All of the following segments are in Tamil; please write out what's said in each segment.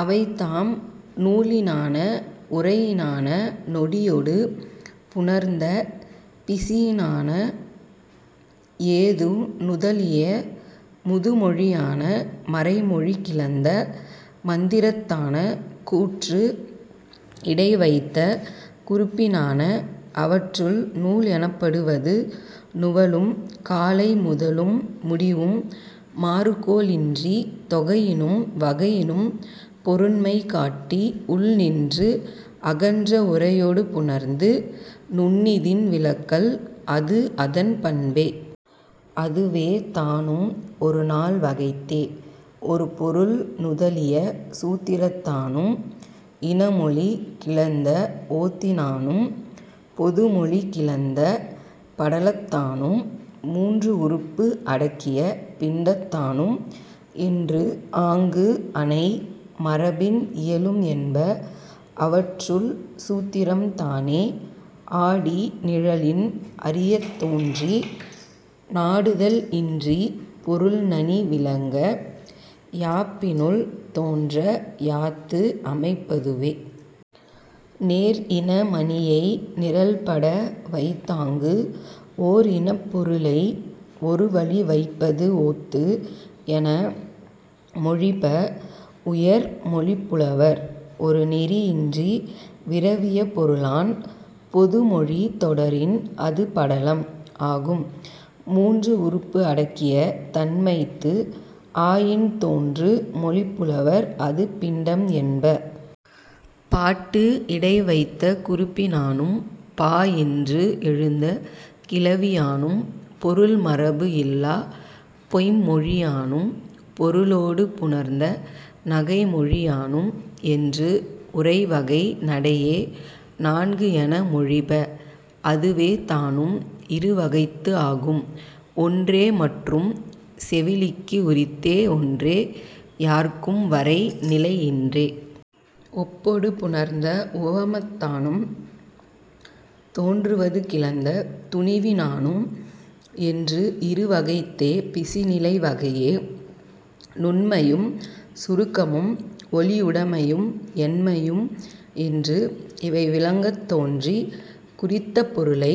அவைதாம், நூலினான உரையினான நொடியொடு புணர்ந்த பிசியினான ஏது நுதலிய முதுமொழியான மறை மொழி கிளந்த மந்திரத்தான கூற்று இடை வைத்த குறிப்பினான. அவற்றுள், நூல் எனப்படுவது நுவலும் காலை முதலும் முடிவும் மாறுகோள் இன்றி தொகையினும் வகையினும் பொருண்மை காட்டி உள் நின்று அகன்ற உரையொடு புணர்ந்து நுண்ணிதின் விளக்கல் அது அதன் பண்பே. அதுவேதானும் ஒரு நால் வகைத்தே. ஒரு பொருள் நுதலிய சூத்திரத்தானும் இன மொழி கிளந்த ஓத்தினானும் பொது மொழி கிளந்த படலத்தானும் மூன்று உறுப்பு அடக்கிய பிண்டத்தானும் என்று ஆங்கு அனை மரபின் இயலும் என்ப. அவற்றுள், சூத்திரம்தானே ஆடி நிழலின் அறியத் தோன்றி நாடுதல் இன்றிப் பொருள் நனி விளங்க யாப்பினுள் தோன்ற யாத்து அமைப்பதுவே. நேர் இன மணியை நிரல்பட வைத்தாங்கு ஓர் இனப் பொருளை ஒரு வழி வைப்பது ஓத்து என மொழிப உயர் மொழிப் புலவர். ஒரு நெறி இன்றி விரவிய பொருளான் பொது மொழி தொடரின் அது படலம் ஆகும். மூன்று உறுப்பு அடக்கிய தன்மைத்து ஆயின் தோன்று மொழிப் புலவர் அது பிண்டம் என்ப. பாட்டு இடை வைத்த குறிப்பினானும் பா இன்று எழுந்த கிளவியானும் பொருள் மரபு இல்லாப் பொய்ம்மொழியானும் பொருளொடு புணர்ந்த நகைமொழியானும் என்று உரை வகை நடையே நான்கு என மொழிப. அதுவேதானும் இரு வகைத்து ஆகும். ஒன்றே மற்றும் செவிலிக்கு உரித்தே ஒன்றே யார்க்கும் வரை நிலை இன்றே. ஒப்பொடு புணர்ந்த உவமத்தானும் தோன்றுவது கிளந்த துணிவினானும் என்று இரு வகைத்தே பிசி நிலை வகையே. நுண்மையும் சுருக்கமும் ஒளியுடைமையும் எண்மையும் என்று இவை விளங்கத் தோன்றி குறித்த பொருளை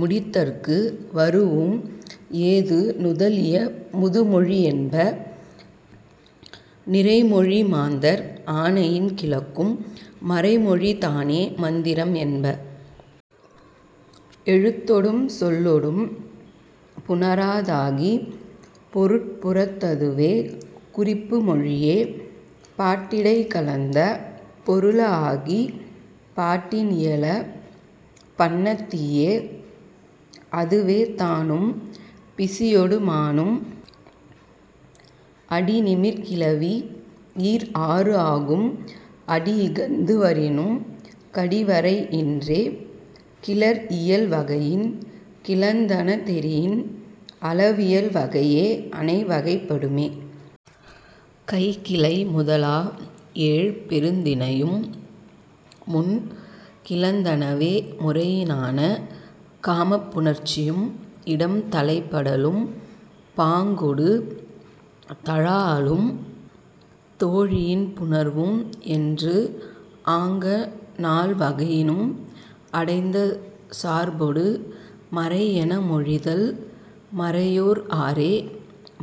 முடித்தற்கு வரூஉம் ஏது நுதலிய முதுமொழி என்ப. நிறைமொழி மாந்தர் ஆணையின் கிளக்கும் மறைமொழிதானே மந்திரம் என்ப. எழுத்தொடும் சொல்லொடும் புணராதாகி பொருட்புறத்ததுவே குறிப்பு மொழியே. பாட்டிடைக் கலந்த பொருள ஆகி பாட்டின் இயல பண்ணத்திய்யே. அதுவேதானும் பிசியொடு மானும். அடி நிமிர் கிளவி ஈர் ஆறு ஆகும் அடி இகந்து வரினும் கடி வரை இன்றே. கிளர் இயல் வகையின் கிளந்தன தெரியின் அளவியல் வகையே அனை வகைப்படுமே. கைக்கிளை முதலா ஏழ் பெருந் திணையும் முன் கிளந்தனவே முறையினான. காமப் புணர்ச்சியும் இடம் தலைப்படலும் பாங்கொடு தழாஅலும் தோழியின் புணர்வும் என்று ஆங்க நால் வகையினும் அடைந்த சார்பொடு மறை என மொழிதல் மறையோர் ஆறே.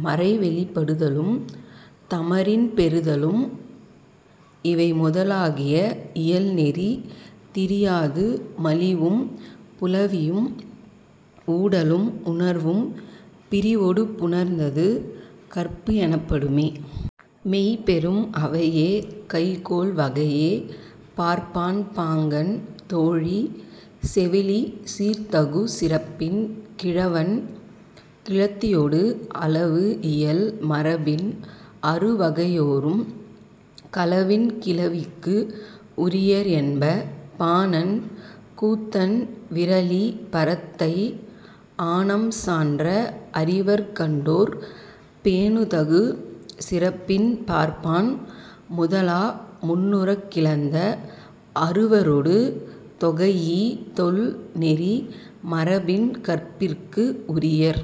மறை வெளிப்படுதலும் தமரின் பெறுதலும் இவை முதலாகிய இயல் நெறி திரியாது மலிவும் புலவியும் ஊடலும் உணர்வும் பிரிவொடு புணர்ந்தது கற்பு எனப்படுமே. மெய் பெறும் அவையே கைகோள் வகையே. பார்ப்பான் பாங்கன் தோழி செவிலி சீர்த்தகு சிறப்பின் கிழவன் கிழத்தியொடு அளவு இயல் மரபின் அறு வகையோரும் களவின் கிளவிக்கு உரியர் என்ப. பாணன் கூத்தன் விறலி பரத்தை ஆணம் சான்ற அறிவர் கண்டோ ர் பேணுதகு சிறப்பின் பார்ப்பான் முதலா முன்னுறக் கிளந்த அறுவரொடு தொகைஇ தொல் நெறி மரபின் கற்பிற்கு உரியர்.